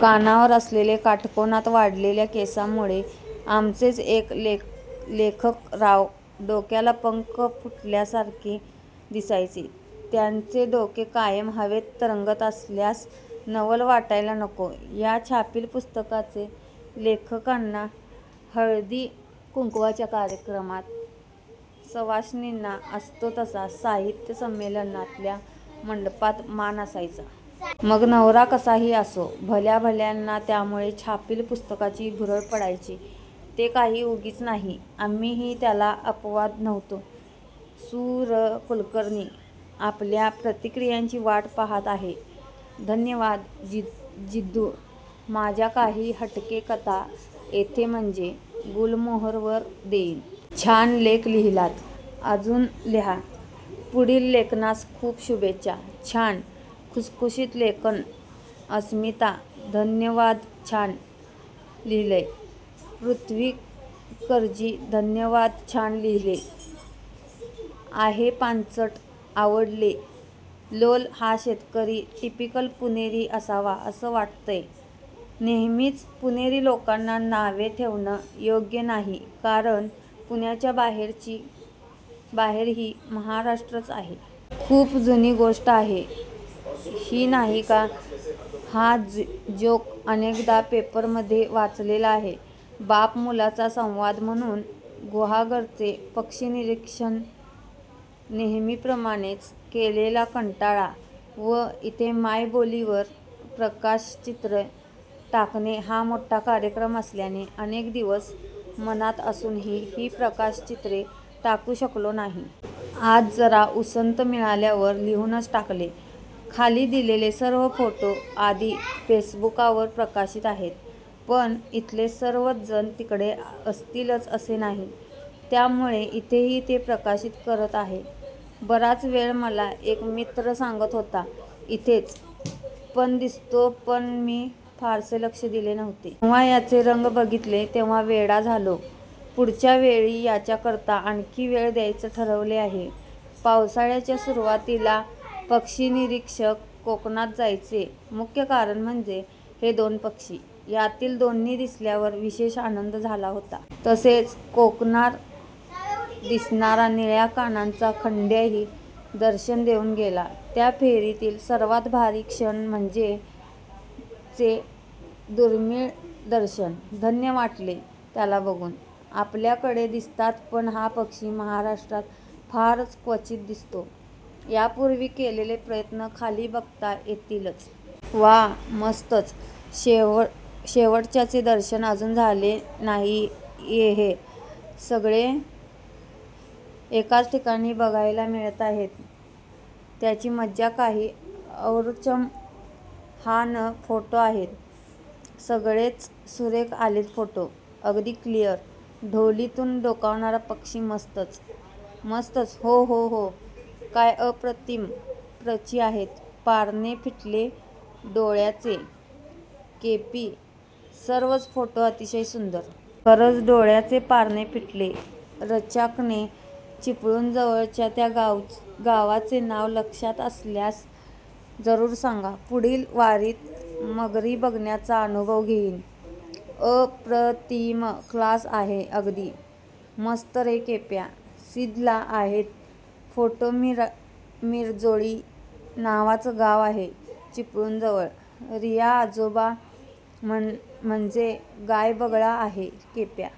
कानावर असलेले, काटकोनात वाढलेल्या केसांमुळे, आमचेच एक लेखकराव, डोक्याला पंख फुटल्या सारखे दिसायचे! त्यांचे डोके कायम हवेत तरंगत असल्यास नवल वाटायला नको! या छापील पुस्तकाचे लेखकाना, हळदी कुंकवाच्या कार्यक्रमात सवाष्णीना असतो तसा, साहित्य संमेलनातल्या मंडपात, मान असायचा. मग नवरा कसाही असो! भल्या भल्याना त्यामुळे छापील पुस्तकाची भुरळ पडायची. ते काही उगीच नाही! आम्हीही त्याला अपवाद नव्हतो. सु र कुलकर्णी. आपल्या प्रतिक्रियांची वाट पहात आहे. धन्यवाद जिद्दू. माझ्या काही 'हटके'कथा येथे म्हणजे, गुलमोहरवर देईन. छान लेख लिहिलात. अजुन लिहा.. पुढील लेखनास खूप शुभेच्छा..!! छान, खुसखुशीत लेखन! अस्मिता, धन्यवादछान लिहिलंय. पृथ्वीकरजी धन्यवादछान लिहिले आहेपांचटआवडले. लोल, हा शेतकरी टिपिकल पुणेरी असावा असं वाटंतय! नेहमीच पुणेरी लोकांना नावे ठेवणं योग्य नाहीकारण पुण्याच्या बाहेरही महाराष्ट्र आहेच. खूप जुनी गोष्ट आहे ही, नाही का? हा जोक अनेकदा पेपरमधे वाचलेला आहे. बाप-मुलाचा संवाद म्हणून. गुहागरचे पक्षीनिरीक्षणनेहेमीप्रमाणेच केलेला कंटाळा व इथे मायबोलीवर प्रकाशचित्र टाकणे हा मोठा कार्यक्रम असल्याने अनेक दिवस मनात असुनही ही प्रकाशचित्रे टाकु शकलो नाही. आज जरा उसंत मिळाल्यावर लिहुनच टाकले. खाली दिलेले सर्व फोटो आधी फेसबुकावर प्रकाशित आहेत पण इथले सर्वच जण तिकडे असतीलच असे नाही. त्यामुळे इथेही ते प्रकाशित करत आहे. बराच वेळ मला एक मित्र सांगत होता इथेच ' पण दिसतो पण मी फारसे लक्ष दिले नव्हते. जेव्हा याचे रंग बघीतले तेव्हा वेडा झालो. पुढच्या वेळी याच्याकरता आणखी वेळ द्यायच ठरवले आहे. पावसाळ्याच्या सुरुवातीला पक्षीनिरीक्षक कोकणात जायचे मुख्य कारण म्हणजे, हे दोन पक्षी. यातील दोन्ही दिसल्यावर विशेष आनंद झाला होता. तसेच कोकणार दिसणारा निळ्या कानांचा खंड्याही दर्शन देऊन गेला. त्या फेरीतील सर्वात भारी क्षण म्हणजे चे दुर्मिळ दर्शन. धन्य वाटले त्याला बघुन. आपल्याकडे दिसतात पण हा पक्षी महाराष्ट्रात फारच क्वचीत दिसतो. यापूर्वी केलेले प्रयत्न खाली बघता येतीलच. वाह मस्तच, शेवटच्याचे दर्शन अजून झाले नाहीयेहे सगळे एकाच ठिकाणी बघायला मिळताहेत त्याची मजा काही औरचम हा न फोटो आहेत सगळेचसुरेख आलेत फोटो. अगदी क्लिअर!!! ढोलीतून डोकावणारा पक्षी मस्तच. मस्तच हो हो हो काय अप्रतिम प्रचि आहेत पारणे फिटले डोळ्याचे_______/\_______केपी, सर्वच फोटो अतिशय सुंदर. खरंच डोळ्याचे पारणे फिटले. रच्याकने, चिपळूणजवळच्या त्या गावाचे नाव लक्षात असल्यास जरूर सांगा पुढील वारीत मगरी बघण्याचा अनुभव घेईन. अ प्र ति म. क्लास आहे अगदी. मस्त रे केप्या! सिधला आहेत फोटोमिरजोळी नावाचं गाव आहे चिपळूण जवळ.! रीया आजोबा म्हणजे गायबगळा आहे. केप्या..